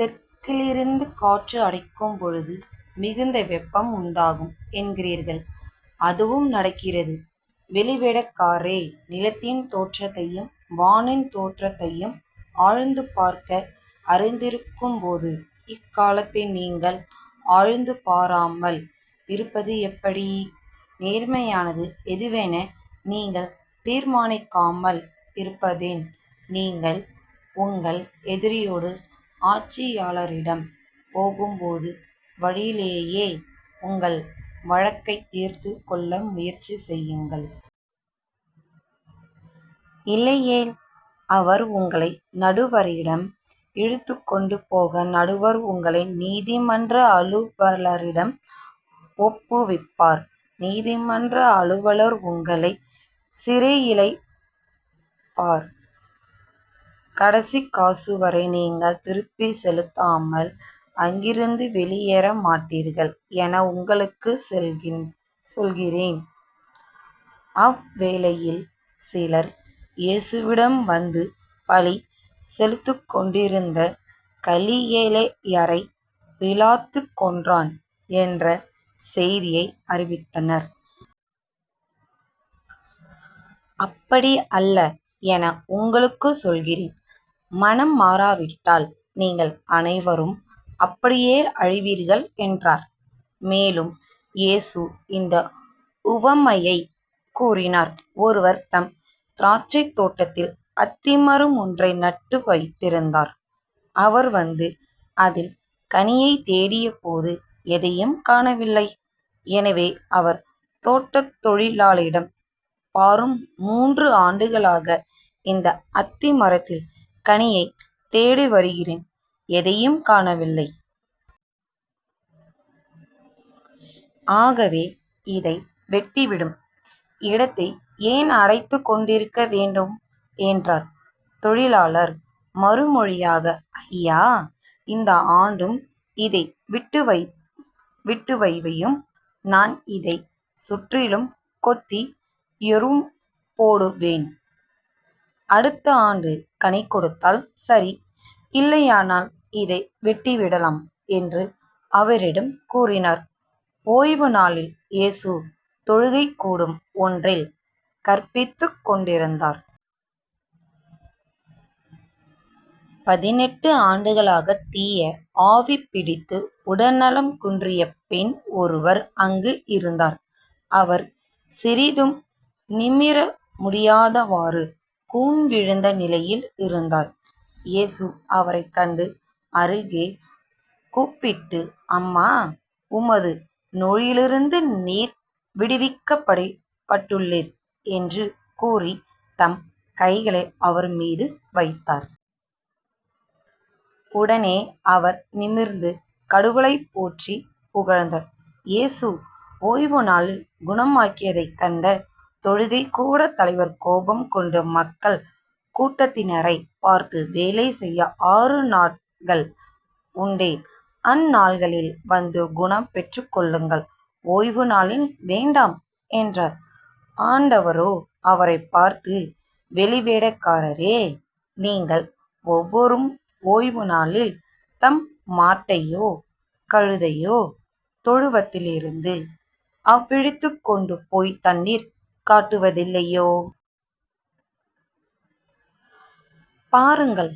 தெற்கிலிருந்து காற்று அடிக்கும்பொழுது மிகுந்த வெப்பம் உண்டாகும் என்கிறீர்கள். அதுவும் நடக்கிறது. வெளிவேடக்காரரே நிலத்தின் தோற்றத்தையும் வானின் தோற்றத்தையும் ஆய்ந்து பார்க்க அறிந்திருக்கும்போது இக்காலத்தை நீங்கள் ஆய்ந்து பாராமல் இருப்பது எப்படி? நேர்மையானது எதுவென நீங்கள் தீர்மானிக்காமல் இருப்பதேன்? நீங்கள் உங்கள் எதிரியோடு ஆட்சியாளரிடம் போகும்போது வழியிலேயே உங்கள் வழக்கைத் தீர்த்துக் கொள்ள முயற்சி செய்யுங்கள். இல்லையேல் அவர் உங்களை நடுவரிடம் இழுத்துக்கொண்டு போக நடுவர் உங்களை நீதிமன்ற அலுவலரிடம் ஒப்புவிப்பார் நீதிமன்ற அலுவலர் உங்களைச் சிறையிலடைப்பார். கடைசிக் காசுவரை நீங்கள் திருப்பிச் செலுத்தாமல் அங்கிருந்து வெளியேறமாட்டீர்கள் என உங்களுக்குச் சொல்கிறேன். அவ்வேளையில் சிலர் இயேசுவிடம் வந்து பலி செலுத்திக் கொண்டிருந்த கலிலேயரைப் பிலாத்து கொன்றான் என்ற செய்தியை அறிவித்தனர். அப்படி அல்ல என உங்களுக்குச் சொல்கிறேன். மனம் மாறாவிட்டால் நீங்கள் அனைவரும் அப்படியே அழிவீர்கள் என்றார். மேலும் இயேசு இந்த உவமையைக் கூறினார் ஒருவர் தம் திராட்சைத் தோட்டத்தில் அத்திமரம் ஒன்றை நட்டு வைத்திருந்தார். அவர் வந்து அதில் கனியைத் தேடியபோது எதையும் காணவில்லை. எனவே அவர் தோட்டத் தொழிலாளிடம் பாரும் மூன்று ஆண்டுகளாக இந்த அத்தி மரத்தில் கனியைத் தேடி வருகிறேன் எதையும் காணவில்லை. ஆகவே இதை வெட்டிவிடும். இடத்தை ஏன் அடைத்துக்கொண்டிருக்க வேண்டும்? என்றார். தொழிலாளர் மறுமொழியாக ஐயா இந்த ஆண்டும் இதை விட்டுவையும் நான் இதைச் சுற்றிலும் கொத்தி எருபோடுவேன். அடுத்த ஆண்டு கனி கொடுத்தால் சரி இல்லையானால் இதை வெட்டிவிடலாம் என்று அவரிடம் கூறினார். ஓய்வுநாளில் இயேசு தொழுகைக்கூடம் ஒன்றில் கற்பித்துக்கொண்டிருந்தார். பதினெட்டு ஆண்டுகளாகத் தீய ஆவி பிடித்து உடல்நலம் குன்றிய பெண் ஒருவர் அங்கு இருந்தார். அவர் சிறிதும் நிமிர முடியாதவாறு கூன் விழுந்த நிலையில் இருந்தார். இயேசு அவரைக் கண்டு அருகே கூப்பிட்டு அம்மா உமது நோயிலிருந்து நீர் விடுவிக்கப்பட்டுள்ளீர் என்று கூறி தம் கைகளை அவர் மீது வைத்தார். உடனே அவர் நிமிர்ந்து கடவுளைப் போற்றிப் புகழ்ந்தார். இயேசு ஓய்வுநாளில் குணமாக்கியதைக் கண்ட தொழுகைக்கூடத் தலைவர் கோபம்கொண்டு மக்கள் கூட்டத்தினரைப் பார்த்து வேலை செய்ய ஆறு நாள்கள் உண்டே அந்நாள்களில் வந்து குணம் பெற்றுக்கொள்ளுங்கள் ஓய்வுநாளில் வேண்டாம் என்றார். ஆண்டவரோ அவரைப் பார்த்து வெளிவேடக்காரரே நீங்கள் ஒவ்வொருவரும் ஓய்வுநாளில் தம் மாட்டையோ கழுதையையோ தொழுவத்திலிருந்து அவிழ்த்துக் கொண்டு போய்த் தண்ணீர் காட்டுவதில்லையோ? பாருங்கள்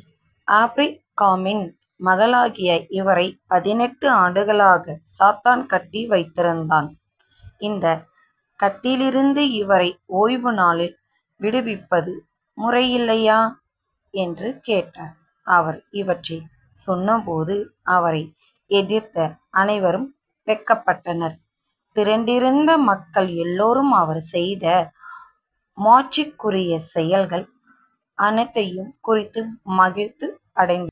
ஆபிக்காமின் மகளாகிய இவரைப் பதினெட்டு ஆண்டுகளாகச் சாத்தான் கட்டி வைத்திருந்தான். இந்தக் கட்டிலிருந்து இவரை ஓய்வுநாளில் விடுவிப்பது முறையில்லையா? என்று கேட்டார். அவர் இவற்றைச் சொன்னபோது அவரை எதிர்த்த அனைவரும் வெட்கப்பட்டனர். திரண்டிருந்த மக்கள் எல்லாரும் அவர் செய்த மாட்சிக்குரிய செயல்கள் அனைத்தையும் குறித்து மகிழ்ச்சி அடைந்தனர்.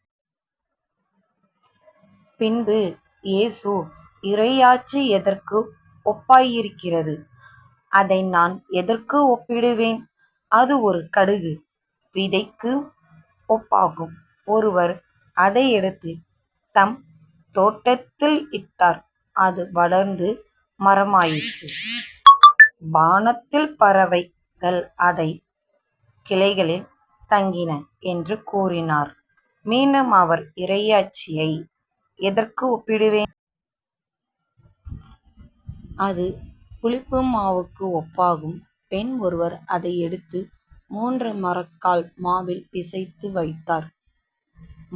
பின்பு இயேசு இறையாட்சி எதற்கு ஒப்பாயிருக்கிறது? அதை நான் எதற்கு ஒப்பிடுவேன்? அது ஒரு கடுகு விதைக்கு ஒப்பாகும். ஒருவர் அதை எடுத்துத் தம் தோட்டத்தில் இட்டார். அது வளர்ந்து மரமாயிற்று. வானத்துப் பறவைகள் அதன் கிளைகளில் தங்கின என்று கூறினார். மீண்டும் அவர் இறையாட்சியை எதற்கு ஒப்பிடுவேன்? அது புளிப்புமாவுக்கு ஒப்பாகும். பெண் ஒருவர் அதை எடுத்து மூன்று மரக்கால் மாவில் பிசைந்து வைத்தார்.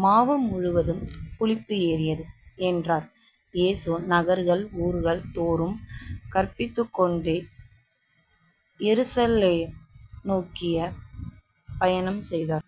மாவு முழுவதும் புளிப்பேறியது என்றார். இயேசு நகர்கள் ஊர்கள் தோறும் கற்பித்துக்கொண்டே எருசலேம் நோக்கிப் பயணம் செய்தார்.